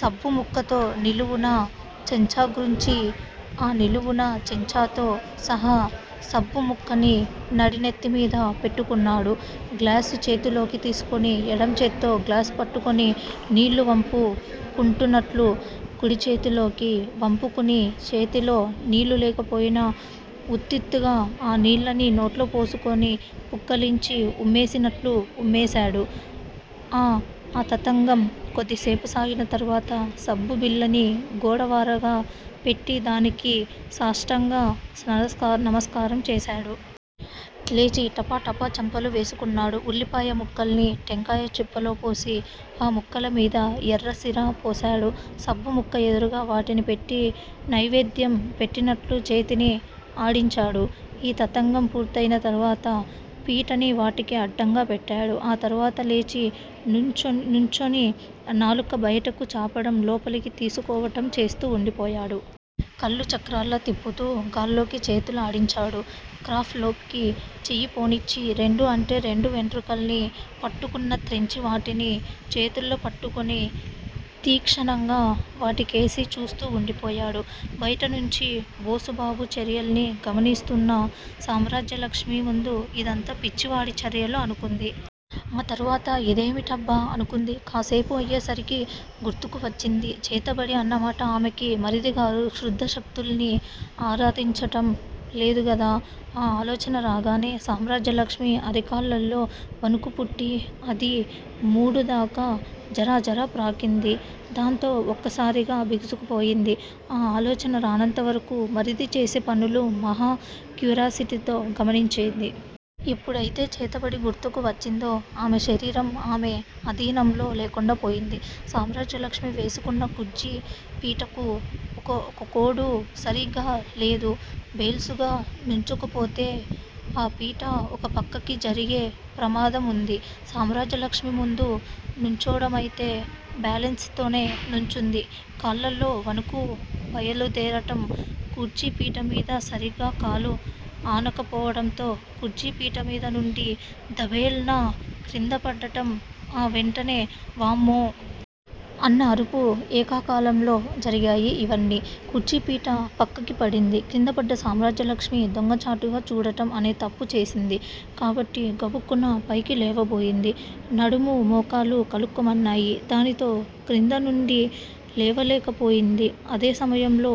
సబ్బుముక్కతో నిలువునా చెంచాగ్రుచ్చి, ఆ నిలువునా చెంచాతో సహా సబ్బు ముక్కని నడినెత్తిమీద పెట్టుకున్నాడు. గ్లాసు చేతిలోకి తీసుకొని ఎడంచేత్తో గ్లాసు పట్టుకుని నీళ్ళు వంపు కుంటున్నట్లుగా కుడిచేతిలోకి వంపుకుని, చేతిలో నీళ్లు లేకపోయినా వుత్తుత్తిగా ఆ నీళ్ళని నోట్లో పోసుకుని పుక్కిలించి ఉమ్మేసినట్లు ఉమ్మేశాడు. ఆ తతంగం కొద్దిసేపు సాగిన తరువాత, సబ్బు బిళ్ళని గోడ వారగా పెట్టి, దానికి సాష్టాంగ నమస్కారం చేశాడు. లేచి టపటపా చెంపలు వేసుకున్నాడు. ఉల్లిపాయ ముక్కల్ని టెంకాయ చిప్పలో పోసి ఆ ముక్కలమీద ఎర్రసిరా పోశాడు. సబ్బు ముక్క ఎదురుగా వాటిని పెట్టి నైవేద్యం పెట్టినట్లు చేతిని ఆడించాడు. ఈ తతంగం పూర్తయిన తరువాత. పీటని వాటికి అడ్డంగా పెట్టాడు. ఆ తరువాత లేచి నుంచొని నాలుక బయటకి చాపటం లోపలికి తీసుకోవటం చేస్తూ వుండిపోయాడు. కళ్ళు చక్రాల్లా తిప్పుతూ గాల్లోకి చేతులు ఆడించాడు. క్రాఫ్ లోకి చెయ్యి పోనిచ్చి రెండు అంటే రెండు వెంట్రుకల్ని పుటుక్కున త్రెంచి వాటిని చేతిలో పట్టుకుని తీక్షణంగా వాటికేసి చూస్తూ వుండిపోయాడు. బయట నుంచీ బోసుబాబు చర్యలని గమనిస్తూన్న సామ్రాజ్యలక్ష్మి ముందు ఇదంతా పిచ్చివాడి చర్యలు అనుకుంది. ఆ తరువాత ఇదేమిటబ్బా! అనుకుంది. కాసేపు అయ్యేసరికి గుర్తుకు వచ్చింది 'చేతబడి' అన్నమాట ఆమెకి__ మరిదిగారు క్షుద్ర శక్తుల్ని ఆరాధించటం లేదు గదా? ఆ ఆలోచన రాగానే. సామ్రాజ్యలక్ష్మి అరికాళ్ళల్లో వణుకుపుట్టి, అది మాడుదాకా జరజరా ప్రాకింది, దాంతో ఒక్కసారిగా బిగుసుకుపోయింది. ఆ ఆలోచన రానంతవరకూ, మరిది చేసే పనులు మహా క్యూరియాసిటీతో గమనించింది. ఎప్పుడయితే 'చేతబడి' గుర్తుకు వచ్చిందో. ఆమె శరీరం ఆమె ఆధీనంలో లేకుండా పోయింది. సామ్రాజ్యలక్ష్మి వేసుకున్న కుర్చీ పీటకి ఒకకోడు సరీగా లేదు. బేలన్సుగా నుంచోకపోతే ఆ పీట ఒక పక్కకి ఒరిగే ప్రమాదముంది. సామ్రాజ్యలక్ష్మి ముందు నుంచోడమయితే బాలెన్స్ తోనే నుంచుంది. కాళ్ళల్లో వణుకు బయలుదేరటం, కుర్చీపీటమీద సరీగా కాలు ఆనకపోవడంతో, కుర్చీపీటమీద నుండీ 'దభేల్' న క్రిందపడటం ఆ వెంటనే వామ్మో! అన్న అరుపు ఏకకాలంలో జరిగాయి ఇవన్నీ. కుర్చీపీట పక్కకి పడింది. కిందపడ్డ సామ్రాజ్యలక్ష్మి దొంగచాటుగా చూడడం అనే తప్పు చేసింది కాబట్టి గబుక్కున పైకి లేవబోయింది. నడుము మోకాలూ కలుక్కుమన్నాయి. దానితో క్రిందనుండి లేగాలేకపోయింది. అదే సమయంలో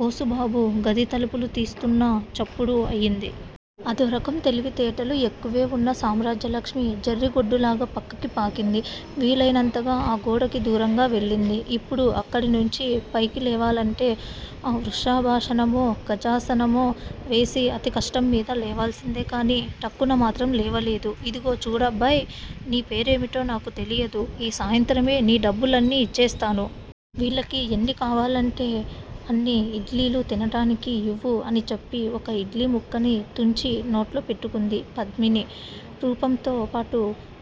బోసుబాబు గది తలుపులు తీస్తున్న చప్పుడు అయింది. అదోరకం తెలివితేటలు ఎక్కువే వున్న సామ్రాజ్యలక్ష్మి, జెర్రిగొడ్డులాగా పక్కకి పాకింది. వీలైనంతగా ఆ గోడకి దూరంగా వెళ్ళింది. ఇప్పుడు అక్కడినుంచీ పైకిలేవాలంటే వృషభాసనమో, గజాసనమో వేసి అతి కష్టం మీద లేవాల్సిందే కానీ, టక్కున మాత్రం లేవలేదు. ఇదిగో చూడబ్బాయ్! నీపేరేమిటో నాకు తెలియదు. ఈ సాయంత్రమే నీ డబ్బులన్నీ ఇచ్చేస్తాను. వీళ్ళకి ఎన్ని కావాలంటే అన్ని ఇడ్లీలు తినటానికి ఇవ్వు అని చెప్పి ఒక ఇడ్లీముక్కని తుంచి నోట్లో పెట్టుకుంది పద్మిని. రూపంతో పాతు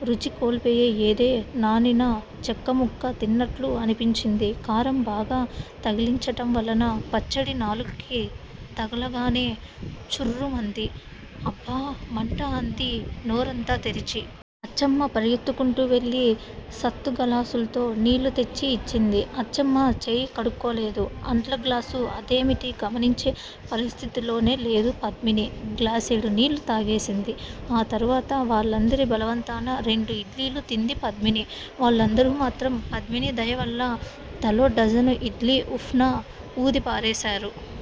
రుచి కోల్పోయి ఏదో నానిన చెక్కముక్క తిన్నట్లు అనిపించింది. కారం బాగా తగిలించటం వలన పచ్చడి నాలుక్కి తగలంగానే చుర్రుమంది. అబ్బా మంట అంది నోరంతా తెరిచి. అచ్చమ్మ పరుగెత్తుకుంటూ వెళ్ళి సత్తుగళాసుతో నీళ్ళు తెచ్చి యిచ్చింది. అచ్చమ్మ చేయి కడుక్కోలేదు. అంట్లగ్లాసు అదేమి గమనించే పరిస్థితిలో లేదు పద్మిని. గ్లాసెడు నీళ్ళు తాగేసింది. ఆ తర్వాత__ వాళ్ళందరి బలవంతాన రెండు ఇడ్లీలు తింది పద్మిని. వాళ్ళందరూ మాత్రం పద్మిని దయవల్ల తలో డజను ఇడ్లీ ఉఫ్ న వూదిపారేశారు.